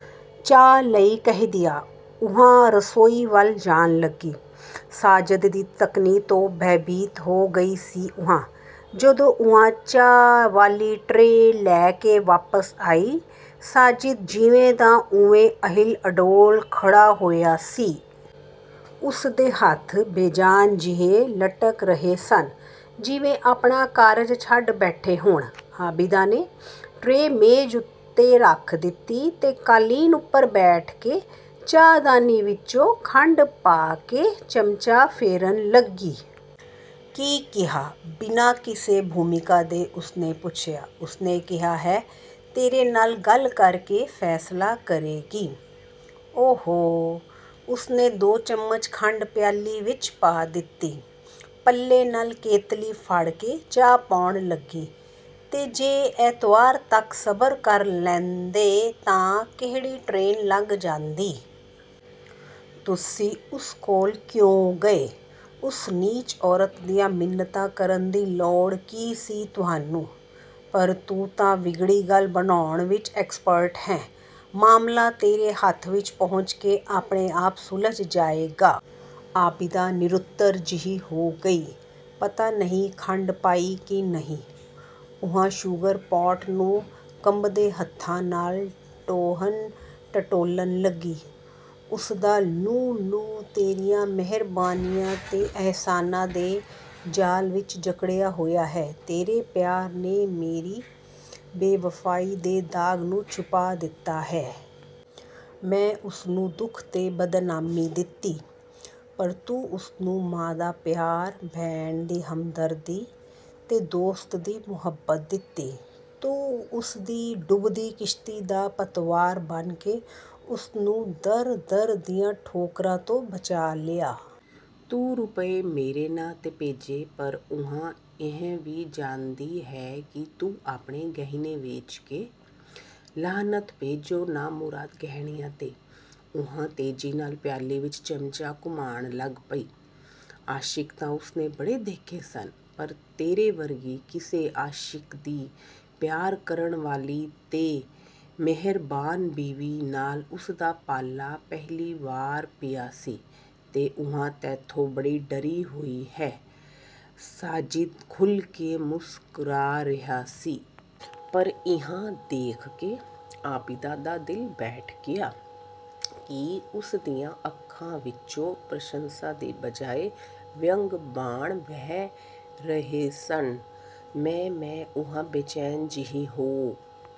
"ਚਾਹ ਲਈ ਕਹਿ ਦਿਆਂ," ਉਹ ਰਸੋਈ ਵੱਲ ਜਾਣ ਲੱਗੀ, ਮਾਜਿਦ ਦੀ ਤੱਕਣੀ ਤੋਂ ਭੈਭੀਤ ਹੋ ਗਈ ਸੀ ਉਹ। ਜਦੋਂ ਉਹ ਚਾਹ ਵਾਲੀ ਟਰੇ ਲੈ ਕੇ ਵਾਪਸ ਆਈ, ਮਾਜਿਦ ਜਿਵੇਂ ਦਾ ਤਿਵੇਂ, ਅਹਿਲ-ਅਡੋਲ, ਖੜ੍ਹਾ ਹੋਇਆ ਸੀ। ਉਸਦੇ ਹੱਥ ਬੇਜਾਨ ਜਿਹੇ ਲਟਕ ਰਹੇ ਸਨ ਜਿਵੇਂ ਆਪਣਾ ਕਾਰਜ ਛੱਡ ਬੈਠੇ ਹੋਣ। ਆਬਿਦਾ ਨੇ ਟਰੇ ਮੇਜ਼ ਉੱਤੇ ਰੱਖ ਦਿੱਤੀ ਤੇ ਕਾਲੀਨ ਉੱਪਰ ਬੈਠ ਕੇ ਚਾਹਦਾਨੀ ਵਿੱਚੋਂ ਖੰਡ ਪਾ ਕੇ ਚਮਚਾ ਫੇਰਨ ਲੱਗੀ। "ਕੀ ਕਿਹਾ?" ਬਿਨਾਂ ਕਿਸੇ ਭੂਮਿਕਾ ਦੇ ਉਸਨੇ ਪੁੱਛਿਆ। "ਉਸਨੇ ਕਿਹਾ ਹੈ, ਤੇਰੇ ਨਾਲ ਗੱਲ ਕਰਕੇ ਫੈਸਲਾ ਕਰੇਗੀ।" "ਓ-ਹੋ--" ਉਸਨੇ ਦੋ ਚਮਚ ਖੰਡ ਪਿਆਲੀ ਵਿੱਚ ਪਾ ਦਿੱਤੀ। ਪੱਲੇ ਨਾਲ ਕੇਤਲੀ ਫੜ੍ਹ ਕੇ ਚਾਹ ਪਾਉਣ ਲੱਗੀ, "ਤੇ ਜੇ ਐਤਵਾਰ ਤੱਕ ਸਬਰ ਕਰ ਲੈਂਦੇ ਤਾਂ ਕਿਹੜੀ ਟਰੇਨ ਲੰਘ ਜਾਂਦੀ! ਤੁਸੀਂ ਉਸ ਕੋਲ ਕਿਉਂ ਗਏ? ਉਸ ਨੀਚ ਔਰਤ ਦੀਆਂ ਮਿੰਨਤਾਂ ਕਰਨ ਦੀ ਲੋੜ ਕੀ ਸੀ ਤੁਹਾਨੂੰ?" "ਪਰ ਤੂੰ ਤਾਂ ਵਿਗੜੀ ਗੱਲ ਬਣਾਉਣ ਵਿੱਚ ਐਕਸਪਰਟ ਹੈਂ, ਮਾਮਲਾ ਤੇਰੇ ਹੱਥ ਵਿੱਚ ਪਹੁੰਚ ਕੇ ਆਪਣੇ ਆਪ ਸੁਲਝ ਜਾਏਗਾ।" ਆਬਿਦਾ ਨਿਰਉੱਤਰ ਜਿਹੀ ਹੋ ਗਈ। "ਪਤਾ ਨਹੀਂ ਖੰਡ ਪਾਈ ਕਿ ਨਹੀਂ!" ਉਹ ਸ਼ੂਗਰ-ਪਾਟ ਨੂੰ ਕੰਬਦੇ ਹੱਥਾਂ ਨਾਲ ਟੋਹਣ-ਟਟੋਲਨ ਲੱਗੀ। "ਉਸਦਾ ਲੂੰ-ਲੂੰ ਤੇਰੀਆਂ ਮਿਹਰਬਾਨੀਆਂ ਤੇ ਅਹਿਸਾਨਾਂ ਦੇ ਜਾਲ ਵਿੱਚ ਜਕੜਿਆ ਹੋਇਆ ਹੈ। ਤੇਰੇ ਪਿਆਰ ਨੇ ਮੇਰੀ ਬੇਵਫ਼ਾਈ ਦੇ ਦਾਗ਼ ਨੂੰ ਛੁਪਾ ਦਿੱਤਾ ਹੈ। ਮੈਂ ਉਸਨੂੰ ਦੁੱਖ ਤੇ ਬਦਨਾਮੀ ਦਿੱਤੀ। ਪਰ ਤੂੰ ਉਸਨੂੰ ਮਾਂ ਦਾ ਪਿਆਰ, ਭੈਣ ਦੀ ਹਮਦਰਦੀ ਤੇ ਦੋਸਤ ਦੀ ਮੁਹੱਬਤ ਦਿੱਤੀ। ਤੂੰ ਉਸਦੀ ਡੁੱਬਦੀ ਕਿਸ਼ਤੀ ਦਾ ਪਤਵਾਰ ਬਣ ਕੇ ਉਸਨੂੰ ਦਰ-ਦਰ ਦੀਆਂ ਠੋਕਰਾਂ ਤੋਂ ਬਚਾ ਲਿਆ। ਤੂੰ ਰੁਪਏ ਮੇਰੇ ਨਾਂ 'ਤੇ ਭੇਜੇ, ਪਰ ਉਹ ਇਹ ਵੀ ਜਾਣਦੀ ਹੈ ਕਿ ਤੂੰ ਆਪਣੇ ਗਹਿਣੇ ਵੇਚ ਕੇ--" "ਲਾਹਨਤ ਭੇਜੋ ਨਾਮੁਰਾਦ ਗਹਿਣਿਆਂ 'ਤੇ।" ਉਹ ਤੇਜ਼ੀ ਨਾਲ ਪਿਆਲੀ ਵਿੱਚ ਚਮਚਾ ਘੁਮਾਉਣ ਲੱਗ ਪਈ। "ਆਸ਼ਿਕ ਤਾਂ ਉਸਨੇ ਬੜੇ ਦੇਖੇ ਸਨ, ਪਰ ਤੇਰੇ ਵਰਗੀ ਕਿਸੇ ਆਸ਼ਿਕ ਦੀ ਪਿਆਰ ਕਰਨ ਵਾਲੀ ਤੇ ਮਿਹਰਬਾਨ ਬੀਵੀ ਨਾਲ ਉਸਦਾ ਪਾਲਾ ਪਹਿਲੀ ਵਾਰੀ ਪਿਆ ਸੀ-- ਤੇ ਉਹ ਤੈਥੋਂ ਬੜੀ ਡਰੀ ਹੋਈ ਹੈ," ਮਾਜਿਦ ਖੁੱਲ੍ਹ ਕੇ ਮੁਸਕਰਾ ਰਿਹਾ ਸੀ। ਪਰ ਇਹ ਦੇਖ ਕੇ ਆਬਿਦਾ ਦਾ ਦਿਲ ਬੈਠ ਗਿਆ ਕਿ ਉਸਦੀਆਂ ਅੱਖਾਂ ਵਿੱਚੋਂ ਪ੍ਰਸ਼ੰਸਾ ਦੀ ਬਜਾਏ ਵਿਅੰਗ-ਬਾਣ ਵਰ੍ਹ ਰਹੇ ਸਨ। "ਮੈਂ-ਮੈਂ-" ਉਹ ਬੇਚੈਨ ਜਿਹੀ ਹੋ